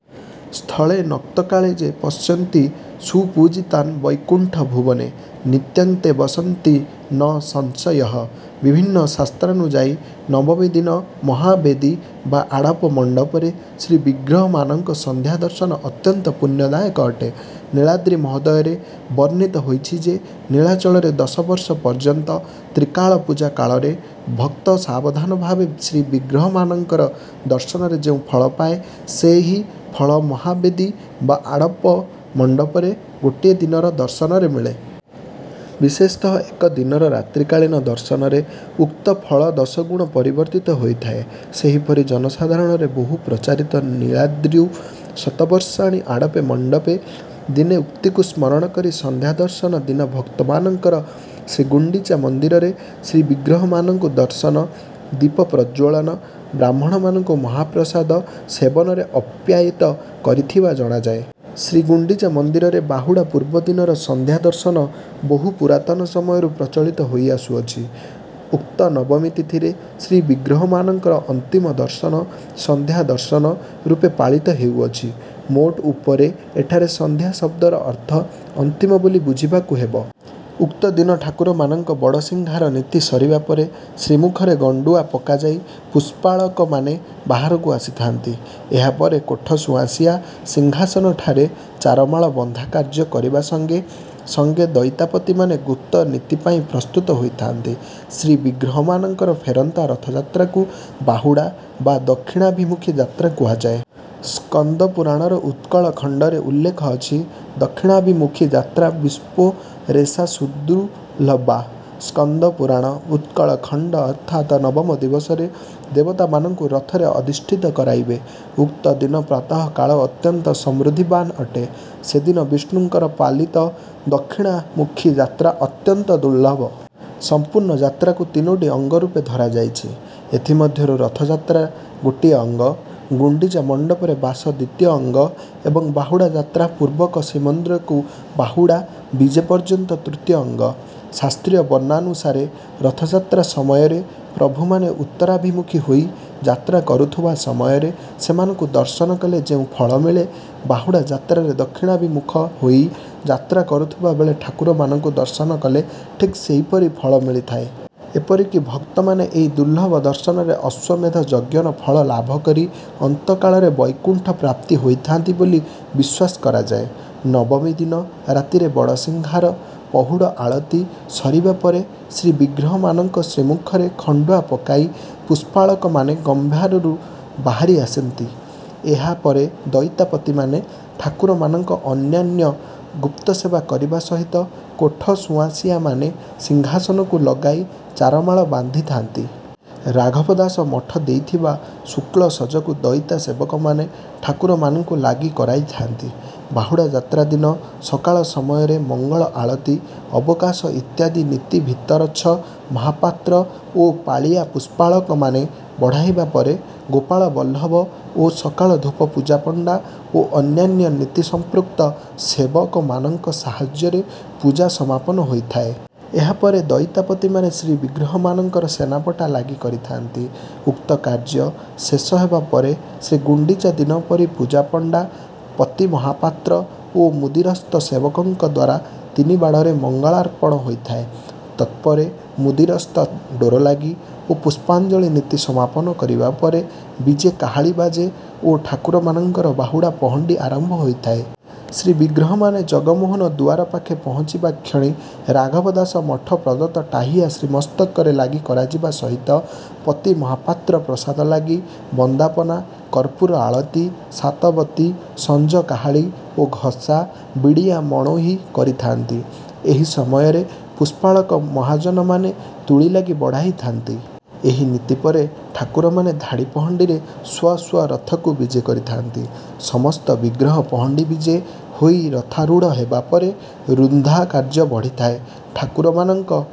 ସ୍ଥଳେ ନକ୍ତକାଳେ ଯେ ପଶ୍ୟନ୍ତି ସୁପୂଜିତାନ୍ ବୈକୁଣ୍ଠ ଭୁବନେ ନିତ୍ୟଂ ତେ ବସନ୍ତି ନ ସଂଶୟଃ। ବିଭିନ୍ନ ଶାସ୍ତ୍ରାନୁଯାୟୀ ନବମୀ ଦିନ ମହାବେଦୀ ବା ଆଡ଼ପ ମଣ୍ଡପରେ ଶ୍ରୀବିଗ୍ରହମାନଙ୍କ ସନ୍ଧ୍ୟା ଦର୍ଶନ ଅତ୍ୟନ୍ତ ପୁଣ୍ୟଦାୟକ ଅଟେ। ନୀଳାଦ୍ରି ମହୋଦୟରେ ବର୍ଣ୍ଣିତ ହୋଇଛି ଯେ, ନୀଳାଚଳରେ ଦଶ ବର୍ଷ ପର୍ଯ୍ୟନ୍ତ ତ୍ରିକାଳ ପୂଜା କାଳରେ ଭକ୍ତ ସାବଧାନ ଭାବେ ଶ୍ରୀବିଗ୍ରହମାନଙ୍କର ଦର୍ଶନରେ ଯେଉଁ ଫଳ ପାଏ, ସେହି ଫଳ ମହାବେଦୀ ବା ଆଡ଼ପ ମଣ୍ଡପରେ ଗୋଟିଏ ଦିନର ଦର୍ଶନରେ ମିଳେ। ବିଶେଷତଃ ଏକ ଦିନର ରାତ୍ରିକାଳୀନ ଦର୍ଶନରେ ଉକ୍ତ ଫଳ ଦଶଗୁଣ ପରିବର୍ଦ୍ଧିତ ହୋଇଥାଏ। ସେହିପରି ଜନସାଧାରଣରେ ବହୁ ପ୍ରଚାରିତ ନୀଳାଦ୍ରୌ ଶତବର୍ଷାଣି ଆଡ଼ପେ ମଣ୍ଡପେ ଦିନେ ଉକ୍ତିକୁ ସ୍ମରଣ କରି ସନ୍ଧ୍ୟା ଦର୍ଶନ ଦିନ ଭକ୍ତମାନଙ୍କର ଶ୍ରୀଗୁଣ୍ଡିଚା ମନ୍ଦିରରେ ଶ୍ରୀବିଗ୍ରହମାନଙ୍କୁ ଦର୍ଶନ, ଦୀପ ପ୍ରଜ୍ଜ୍ୱଳନ, ବ୍ରାହ୍ମଣମାନଙ୍କୁ ମହାପ୍ରସାଦ ସେବନରେ ଅପ୍ୟାୟିତ କରିଥିବା ଜଣାଯାଏ। ଶ୍ରୀଗୁଣ୍ଡିଚା ମନ୍ଦିରରେ ବାହୁଡ଼ା ପୂର୍ବ ଦିନର ସନ୍ଧ୍ୟା ଦର୍ଶନ ବହୁ ପୁରାତନ ସମୟରୁ ପ୍ରଚଳିତ ହୋଇ ଆସୁଅଛି। ଉକ୍ତ ନବମୀ ତିଥିରେ ଶ୍ରୀବିଗ୍ରହମାନଙ୍କର ଅନ୍ତିମ ଦର୍ଶନ ସନ୍ଧ୍ୟା ଦର୍ଶନ ରୂପେ ପାଳିତ ହେଉଅଛି। ମୋଟ ଉପରେ ଏଠାରେ ସନ୍ଧ୍ୟା ଶବ୍ଦର ଅର୍ଥ ଅନ୍ତିମ ବୋଲି ବୁଝିବାକୁ ହେବ। ଉକ୍ତଦିନ ଠାକୁରମାନଙ୍କ ବଡ଼ସିଂହାର ନୀତି ସରିବା ପରେ ଶ୍ରୀମୁଖରେ ଖଣ୍ଡୁଆ ପକାଯାଇ ପୁଷ୍ପାଳକମାନେ ବାହାରକୁ ଆସିଥାନ୍ତି। ଏହା ପରେ କୋଠ ସୁଆଁସିଆ ସିଂହାସନଠାରେ ଚାରମାଳ ବନ୍ଧା କାର୍ଯ୍ୟ କରିବା ସଙ୍ଗେ ସଙ୍ଗେ ଦଇତାପତିମାନେ ଗୁପ୍ତ ନୀତି ପାଇଁ ପ୍ରସ୍ତୁତ ହୋଇଥାନ୍ତି। ଶ୍ରୀବିଗ୍ରହମାନଙ୍କର ଫେରନ୍ତା ରଥଯାତ୍ରାକୁ ବାହୁଡ଼ା ବା ଦକ୍ଷିଣାଭିମୁଖୀ ଯାତ୍ରା କୁହାଯାଏ। ସ୍କନ୍ଧ ପୁରାଣର ଉତ୍କଳ ଖଣ୍ଡରେ ଉଲ୍ଲେଖ ଅଛି ଦକ୍ଷିଣାଭିମୁଖୀ ଯାତ୍ରା ବିଷ୍ଣୋରେଷା ସୁଦୁର୍ଲଭା। ସ୍କନ୍ଧ ପୁରାଣ, ଉତ୍କଳ ଖଣ୍ଡ ଅର୍ଥାତ ନବମ ଦିବସରେ ଦେବତାମାନଙ୍କୁ ରଥରେ ଅଧିଷ୍ଠିତ କରାଇବେ। ଉକ୍ତ ଦିନ ପ୍ରାତଃ କାଳ ଅତ୍ୟନ୍ତ ସମୃଦ୍ଧିବାନ୍ ଅଟେ। ସେଦିନ ବିଷ୍ଣୁଙ୍କର ପାଲିତ ଦକ୍ଷିଣାମୁଖୀ ଯାତ୍ରା ଅତ୍ୟନ୍ତ ଦୁର୍ଲଭ। ସମ୍ପୂର୍ଣ୍ଣ ଯାତ୍ରାକୁ ତିନୋଟି ଅଙ୍ଗ ରୂପେ ଧରାଯାଇଛି। ଏଥିମଧ୍ୟରୁ ରଥଯାତ୍ରା ଗୋଟିଏ ଅଙ୍ଗ, ଗୁଣ୍ଡିଚା ମଣ୍ଡପରେ ବାସ ଦ୍ୱିତୀୟ ଅଙ୍ଗ ଏବଂ ବାହୁଡ଼ା ଯାତ୍ରା ପୂର୍ବକ ଶ୍ରୀମନ୍ଦିରକୁ ବାହୁଡ଼ା ବିଜେ ପର୍ଯ୍ୟନ୍ତ ତୃତୀୟ ଅଙ୍ଗ। ଶାସ୍ତ୍ରୀୟ ବର୍ଣ୍ଣନାନୁସାରେ ରଥଯାତ୍ରା ସମୟରେ ପ୍ରଭୁମାନେ ଉତ୍ତରାଭିମୁଖୀ ହୋଇ ଯାତ୍ରା କରୁଥିବା ସମୟରେ ସେମାନଙ୍କୁ ଦର୍ଶନ କଲେ ଯେଉଁ ଫଳ ମିଳେ, ବାହୁଡ଼ା ଯାତ୍ରାରେ ଦକ୍ଷିଣାଭିମୁଖ ହୋଇ ଯାତ୍ରା କରୁଥିବା ବେଳେ ଠାକୁରମାନଙ୍କୁ ଦର୍ଶନ କଲେ ଠିକ୍ ସେହିପରି ଫଳ ମିଳିଥାଏ। ଏପରିକି ଭକ୍ତମାନେ ଏହି ଦୁର୍ଲଭ ଦର୍ଶନରେ ଅଶ୍ୱମେଧ ଯଜ୍ଞର ଫଳ ଲାଭ କରି ଅନ୍ତକାଳରେ ବୈକୁଣ୍ଠ ପ୍ରାପ୍ତି ହୋଇଥାନ୍ତି ବୋଲି ବିଶ୍ୱାସ କରାଯାଏ। ନବମୀ ଦିନ ରାତିରେ ବଡ଼ସିଂହାର, ପହୁଡ଼ ଆଳତି ସରିବା ପରେ ଶ୍ରୀବିଗ୍ରହମାନଙ୍କ ଶ୍ରୀମୁଖରେ ଖଣ୍ଡୁଆ ପକାଇ ପୁଷ୍ପାଳକମାନେ ଗମ୍ଭୀରାରୁ ବାହାରି ଆସିଥାନ୍ତି। ଏହା ପରେ ଦଇତାପତିମାନେ ଠାକୁରମାନଙ୍କ ଅନ୍ୟାନ୍ୟ ଗୁପ୍ତସେବା କରିବା ସହିତ କୋଠ ସୁଆଁସିଆମାନେ ସିଂହାସନକୁ ଲଗାଇ ଚାରମାଳ ବାନ୍ଧିଥାନ୍ତି। ରାଘବ ଦାସ ମଠ ଦେଇଥିବା ଶୁକ୍ଳ ସଜକୁ ଦଇତା ସେବକମାନେ ଠାକୁରମାନଙ୍କୁ ଲାଗି କରାଇଥାନ୍ତି। ବାହୁଡ଼ା ଯାତ୍ରା ଦିନ ସକାଳ ସମୟରେ ମଙ୍ଗଳ ଆଳତି, ଅବକାଶ ଇତ୍ୟାଦି ନୀତି ଭିତରଚ୍ଛ ମହାପାତ୍ର ଓ ପାଳିଆ ପୁଷ୍ପାଳକମାନେ ବଢ଼ାଇବା ପରେ ଗୋପାଳ ବଲ୍ଲଭ ଓ ସକାଳ ଧୂପ ପୂଜାପଣ୍ଡା ଓ ଅନ୍ୟାନ୍ୟ ନୀତି ସମ୍ପୃକ୍ତ ସେବକମାନଙ୍କ ସାହାଯ୍ୟରେ ପୂଜା ସମାପନ ହୋଇଥାଏ। ଏହା ପରେ ଦଇତାପତିମାନେ ଶ୍ରୀବିଗ୍ରହମାନଙ୍କର ସେନାପଟା ଲାଗି କରିଥାନ୍ତି। ଉକ୍ତ କାର୍ଯ୍ୟ ଶେଷ ହେବାପରେ ଶ୍ରୀଗୁଣ୍ଡିଚା ଦିନ ପରି ପୂଜାପଣ୍ଡା, ପତିମହାପାତ୍ର ଓ ମୁଦିରସ୍ତ ସେବକଙ୍କ ଦ୍ୱାରା ତିନିବାଡ଼ରେ ମଙ୍ଗଳାର୍ପଣ ହୋଇଥାଏ। ତତ୍ପରେ ମୁଦିରସ୍ତ ଡୋରଲାଗି ଓ ପୁଷ୍ପାଞ୍ଜଳି ନୀତି ସମାପନ କରିବା ପରେ ବିଜେ କାହାଳୀ ବାଜେ ଓ ଠାକୁରମାନଙ୍କର ବାହୁଡ଼ା ପହଣ୍ଡି ଆରମ୍ଭ ହୋଇଥାଏ। ଶ୍ରୀବିଗ୍ରହମାନେ ଜଗମୋହନ ଦୁଆର ପାଖେ ପହଞ୍ଚିବା କ୍ଷଣି ରାଘବ ଦାସ ମଠ ପ୍ରଦତ୍ତ ଟାହିଆ ଶ୍ରୀମସ୍ତକରେ ଲାଗି କରାଯିବା ସହିତ, ପତି ମହାପାତ୍ର ପ୍ରସାଦ ଲାଗି, ବନ୍ଦାପନା, କର୍ପୂର ଆଳତି, ସାତବତୀ, ସଞ୍ଜ କାହାଳୀ ଓ ଘସା, ବିଡ଼ିଆ ମଣୋହି କରିଥାନ୍ତି। ଏହି ସମୟରେ ପୁଷ୍ପାଳକ ମହାଜନମାନେ ତୁଳି ଲାଗି ବଢ଼ାଇଥାନ୍ତି। ଏହି ନୀତି ପରେ ଠାକୁରମାନେ ଧାଡ଼ି ପହଣ୍ଡିରେ ସ୍ୱ ସ୍ୱ ରଥକୁ ବିଜେ କରିଥାନ୍ତି। ସମସ୍ତ ବିଗ୍ରହ ପହଣ୍ଡି ବିଜେ ହୋଇ ରଥାରୂଢ଼ ହେବାପରେ ରୁନ୍ଧା କାର୍ଯ୍ୟ ବଢ଼ିଥାଏ। ଠାକୁରମାନଙ୍କ